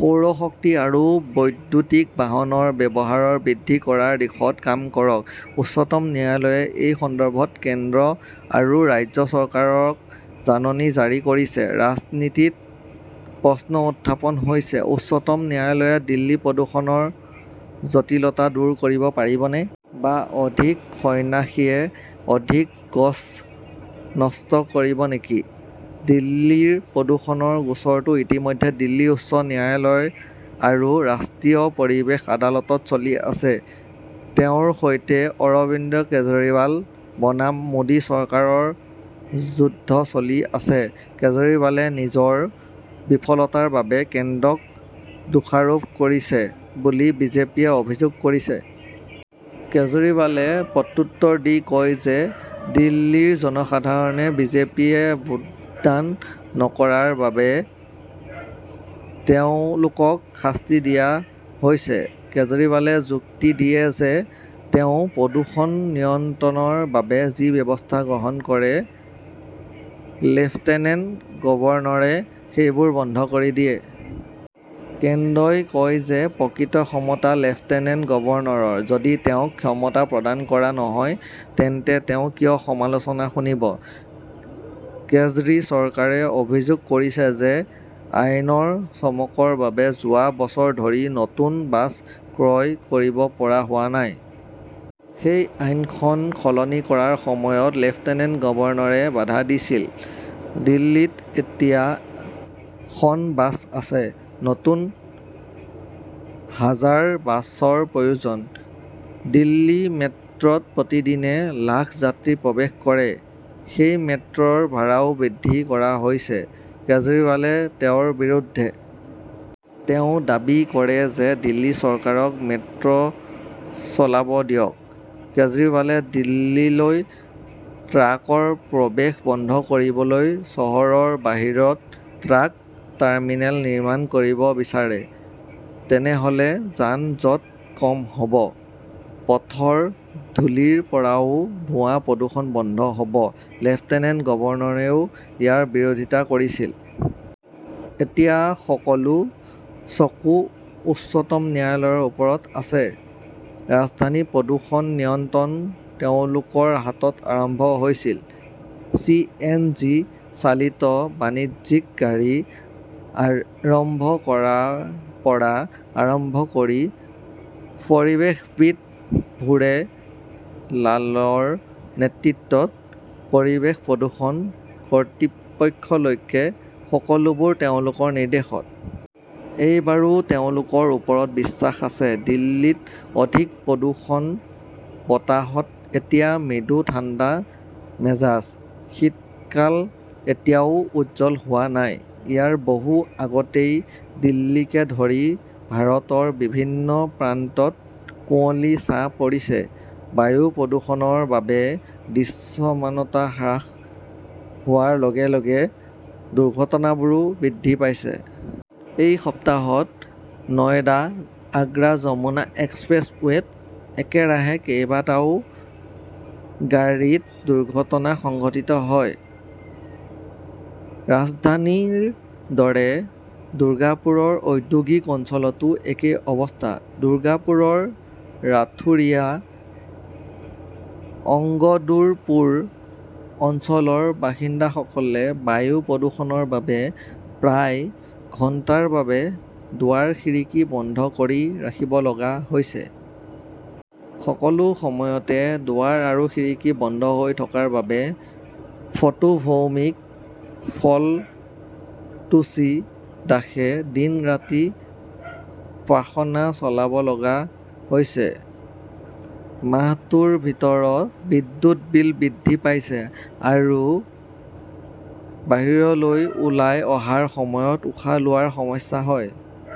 সৌৰ শক্তি আৰু বৈদ্যুতিক বাহনৰ ব্যৱহাৰ বৃদ্ধি কৰাৰ দিশত কাম কৰক। উচ্চতম ন্যায়ালয়ে এই সন্দৰ্ভত কেন্দ্ৰ আৰু ৰাজ্য চৰকাৰক জাননী জাৰি কৰিছে। ৰাজধানীত প্ৰশ্ন উত্থাপন হৈছে, উচ্চতম ন্যায়ালয়ে দিল্লীৰ প্ৰদূষণৰ জটিলতা দূৰ কৰিব পাৰিবনে? বা অধিক সন্ন্যাসীয়ে অধিক গজ নষ্ট কৰিব নেকি? দিল্লীৰ প্ৰদূষণৰ গোচৰটো ইতিমধ্যে দিল্লী উচ্চ ন্যায়ালয় আৰু ৰাষ্ট্ৰীয় পৰিৱেশ আদালতত চলি আছে। তেওঁৰ সৈতে অৰবিন্দ কেজৰিৱাল বনাম মোদী চৰকাৰৰ যুদ্ধ চলি আছে। কেজৰিৱালে নিজৰ বিফলতাৰ বাবে কেন্দ্ৰক দোষাৰোপ কৰিছে বুলি বিজেপিয়ে অভিযোগ কৰিছে। কেজৰিৱালে প্ৰত্যুত্তৰ দি কয় যে দিল্লীৰ জনসাধাৰণে বিজেপিয়ে ভোটদান নকৰাৰ বাবে তেওঁলোকক শাস্তি দিয়া হৈছে। কেজৰিৱালে যুক্তি দিয়ে যে তেওঁ প্ৰদূষণ নিয়ন্ত্ৰণৰ বাবে যি ব্যৱস্থা গ্ৰহণ কৰে, লেফটেনেণ্ট গভৰ্ণৰে সেইবোৰ বন্ধ কৰি দিয়ে। কেন্দ্ৰই কয় যে প্ৰকৃত ক্ষমতা লেফটেনেণ্ট গভৰ্ণৰৰ। যদি তেওঁক ক্ষমতা প্ৰদান কৰা নহয়, তেন্তে তেওঁ কিয় সমালোচনা শুনিব? কেজৰি-চৰকাৰে অভিযোগ কৰিছে যে আইনৰ চমকৰ বাবে যোৱা বছৰ ধৰি নতুন বাছ ক্ৰয় কৰিব পৰা হোৱা নাই। সেই আইনখন সলনি কৰাৰ সময়ত লেফটেনেণ্ট গভৰ্ণৰে বাধা দিছিল। দিল্লীত এতিয়া খন বাছ আছে। নতুন হাজাৰ বাছৰ প্ৰয়োজন। দিল্লী মেট্ৰত প্ৰতিদিনে লাখ যাত্ৰী প্ৰৱেশ কৰে। সেই মেট্ৰৰ ভাড়াও বৃদ্ধি কৰা হৈছে। কেজৰিৱালে তেওঁৰ বিৰুদ্ধে। তেওঁ দাবী কৰে যে দিল্লী চৰকাৰক মেট্ৰচলাব দিয়ক। কেজৰিৱালে দিল্লীলৈ ট্ৰাকৰ প্ৰৱেশ বন্ধ কৰিবলৈ চহৰৰ বাহিৰত ট্ৰাক টাৰ্মিনেল নিৰ্মাণ কৰিব বিচাৰে। তেনেহলে যান-জঁট কম হব। পথৰ ধূলিৰ পৰাও হোৱা প্ৰদূষণ বন্ধ হব। লেফটেনেণ্ট গভৰ্ণৰেও ইয়াৰ বিৰোধিতা কৰিছিল। এতিয়া সকলো চকু উচ্চতম ন্যায়ালয়ৰ ওপৰত আছে। ৰাজধানীৰ প্ৰদূষণ নিয়ন্ত্ৰণ তেওঁলোকৰ হাতত আৰম্ভ হৈছিল। চি. এন. জি. -চালিত বাণিজ্যিক গাড়ী আৰম্ভ কৰাৰ পৰা আৰম্ভ কৰি পৰিৱেশবিদ ভুৰে লালৰ নেতৃত্বত পৰিৱেশ প্ৰদূষণ কৰ্তৃপক্ষলৈকে-সকলোবোৰ তেওঁলোকৰ নিৰ্দেশত। এইবাৰো তেওঁলোকৰ ওপৰত বিশ্বাস আছে। দিল্লীত অধিক প্ৰদূষণ বতাহত এতিয়া মৃদু ঠাণ্ডা মেজাজ। শীতকাল এতিয়াও উজ্জ্বল হোৱা নাই। ইয়াৰ বহু আগতেই দিল্লীকে ধৰি ভাৰতৰ বিভিন্ন প্ৰান্তত কুঁৱলীৰ ছাঁ পৰিছে। বায়ু প্ৰদূষণৰ বাবে দৃশ্যমানতা হ্ৰাস হোৱাৰ লগে-লগে দুৰ্ঘটনাবোৰো বৃদ্ধি পাইছে। এই সপ্তাহত নয়ডা-আগ্ৰা যমুনা এক্সপ্ৰেছৱেত একেৰাহে কেইবাটাও গাড়ীত দুৰ্ঘটনা সংঘটিত হয়। ৰাজধানীৰ দৰে দুৰ্গাপুৰৰ ঔদ্যোগিক অঞ্চলতো একেই অৱস্থা। দুৰ্গাপুৰৰ ৰাথুৰিয়া, অঙ্গদুৰপুৰ অঞ্চলৰ বাসিন্দাসকলে বায়ু প্ৰদূষণৰ বাবে প্ৰায় ঘণ্টাৰ বাবে দুৱাৰ-খিৰিকী বন্ধ কৰি ৰাখিব লগা হৈছে। সকলো সময়তে দুৱাৰ আৰু খিৰিকী বন্ধ হৈ থকাৰ বাবে ফটো ভৌমিক, ফলটুচি দাসে দিন-ৰাতি পাখনা চলাব লগা হৈছে। মাহটোৰ ভিতৰত বিদ্যুতৰ বিল বৃদ্ধি পাইছে। আৰু বাহিৰলৈ ওলাই অহাৰ সময়ত উশাহ লোৱাৰ সমস্যা হয়।